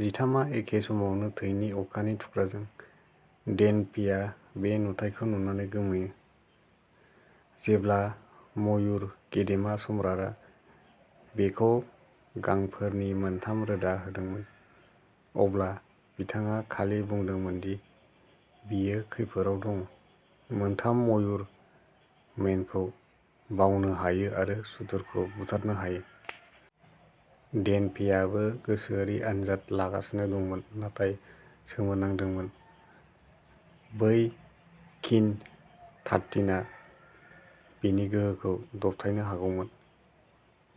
जिथामआ एखे समावनो थैनि अखानि थुख्राजों। डेन फेइया बे नुथायखौ नुनानै गोमोयो। जेब्ला मयुर गेदेमा सम्राटआ बिखौ गांफोरनि मोनथाम रोदा होदोंमोन, अब्ला बिथाङा खालि बुंदोंमोन दि बियो खैफोदआव दं। मोनथाम मयुर मेनखौ बावनो हायो आरो सुथुरखौ बुथारनो हायो। डेन फेइआबो गोसोआरि आनजाद लागासिनो दंमोन, नाथाय सोमोनांदोंमोन। बै किन थार्टिनआ बिनि गोहोखौ दबथायनो हागौमोन।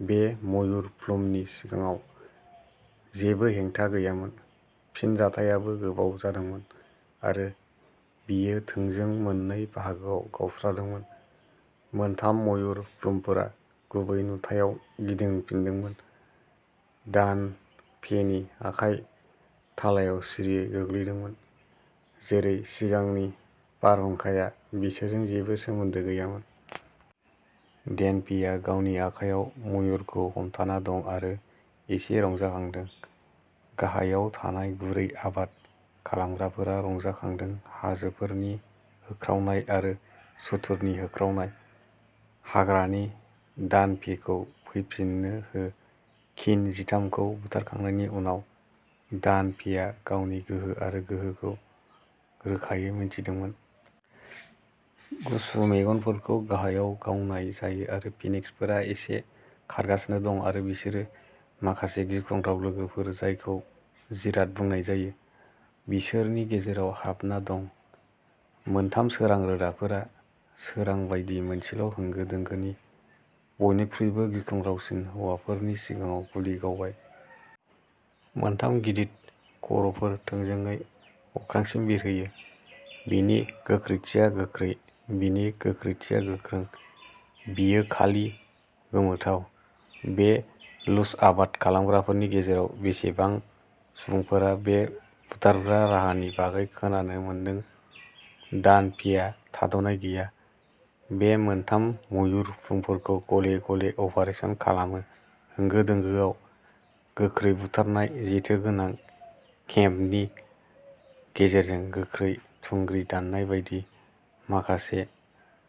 बे मयुर प्लुमनि सिगाङाव, जेबो हेंथा गैयामोन। फिनजाथायाबो गोबाव जादोंमोन आरो बेयो थोंजों मोननै बाहागोआव गावस्रादोंमोन। मोनथाम मयुर प्लुमफोरा गुबै नुथायाव गिदिंफिनदोंमोन, दान फेइनि आखाइ थालायाव सिरियै गोलैदोंमोन, जेरै सिगांनि बारहुंखाया बिसोरजों जेबो सोमोन्दो गैयामोन। डेन फेइआ गावनि आखायाव मयुरखौ हमथाना दं आरो एसे रंजाखांदों। गाहायाव थानाय गुरै आबाद खालामग्राफोरा रंजाखांदों हाजोफोरनि होख्रावनाय आरो सुथुरनि होख्रावनाय। हाग्रानि, दान फेइखौ फैफिननो हो। किन जिथामखौ बुथारखांनायनि उनाव, दान फेइआ गावनि गोहो आरो गोहोखौ रोखायै मिथिदोंमोन। गुसु मेगनफोरखौ गाहायाव गावनाय जायो आरो फिनिक्सफोरा एसे खारगासिनो दं आरो बिसोरो माखासे गिख्रंथाव लोगोफोर जायखौ जिराद बुंनाय जायो, बिसोरनि गेजेराव हाबना दं। मोनथाम सोरां रोदाफोरा, सोरां बायदि मोनसेल' होंगो दोंगोनि बयनिख्रुइबो गिख्रंथावसिन हौवाफोरनि सिगाङाव गुलि गावबाय। मोनथाम गिदिर खर'फोर, थोंजोङै अख्रांसिम बिरहोयो। बेनि गोख्रैथिया गोख्रै, बेनि गोख्रैथिया गोख्रों, बेयो खालि गोमोथाव। बे लुज आबाद खालामग्राफोरनि गेजेराव बेसेबां सुबुंफोरा बे बुथारग्रा राहानि बागै खोनानो मोनदों दान फेइआ थाद'नाय गैया, बे मोनथाम मयुर प्लुमफोरखौ गले-गले अपारेसन खालामो, होंगो-दोंगोआव, गोख्रै बुथारनाय, जेथोगोनां हेंपनि गेजेरजों गोख्रै थुंग्रि दाननाय बायदि, माखासे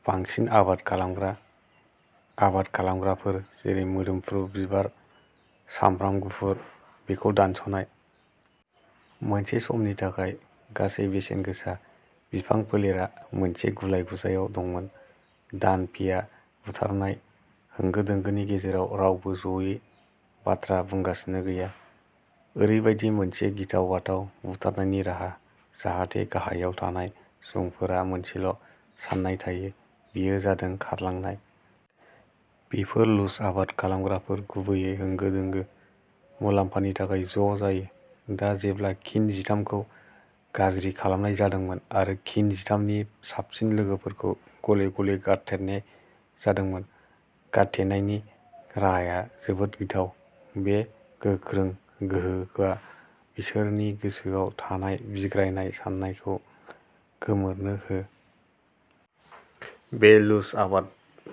बांसिन आबाद खालामग्रा आबाद खालामग्राफोर, जेरै मोदोमफ्रु बिबार सामब्राम गुफुर, बेखौ दानस'नाय। मोनसे समनि थाखाय, गासै बेसेनगोसा बिफां फोलेरा मोनसे गुलाय-गुजायाव दंमोन। दान फेइखौ बुथारनाय, होंगो-दोंगोनि गेजेराव रावबो ज'यै बाथ्रा बुंगासिनो गैया। ओरैबायदि मोनसे गिथाव-बाथाव बुथारनायनि राहा जाहाथे गाहायाव थानाय सुबुंफोरा मोनसेल' साननाय थायो, बेयो जादों खारलांनाय। बेफोर लुज आबाद खालामग्राफोर गुबैयै होंगो-दोंगो, मुलाम्फानि थाखाय ज' जायो। दा जेब्ला किन जिथाम खौ गाज्रि खालामनाय जादोंमोन आरो किन जिथाम नि साबसिन लोगोफोरखौ गले-गले गारथेनाय जादोंमोन। गारथेनायनि राहाया जोबोद गिथाव, बे गोख्रों गोहोआ बिसोरनि गोसोआव थानाय बिग्रायनाय साननायखौ गोमोरनो हो। बे लुज आबाद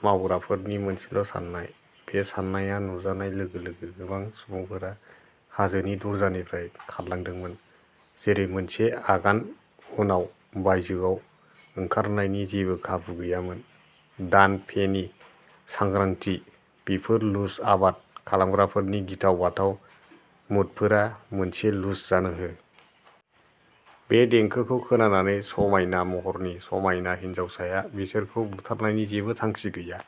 खालामग्राफोरनि मोनसेल' साननाय। बे सान्नाया नुजानाय लोगो लोगो गोबां सुबुंफोरा हाजोनि दरजानिफ्राय खारलांदोंमोन, जेरै मोनसे आगान उनाव बायजोआव ओंखारनायनि जेबो खाबु गैयामोन। दान फेइनि सांग्रांथि, बेफोर लुज आबाद खालामग्राफोरनि गिथाव-बाथाव मुडफोरा मोनसे लुज जानो हो। बे देंखोखौ खोनानानै समायना महरनि समायना हिनजावसाया बिसोरखौ बुथारनायनि जेबो थांखि गैया।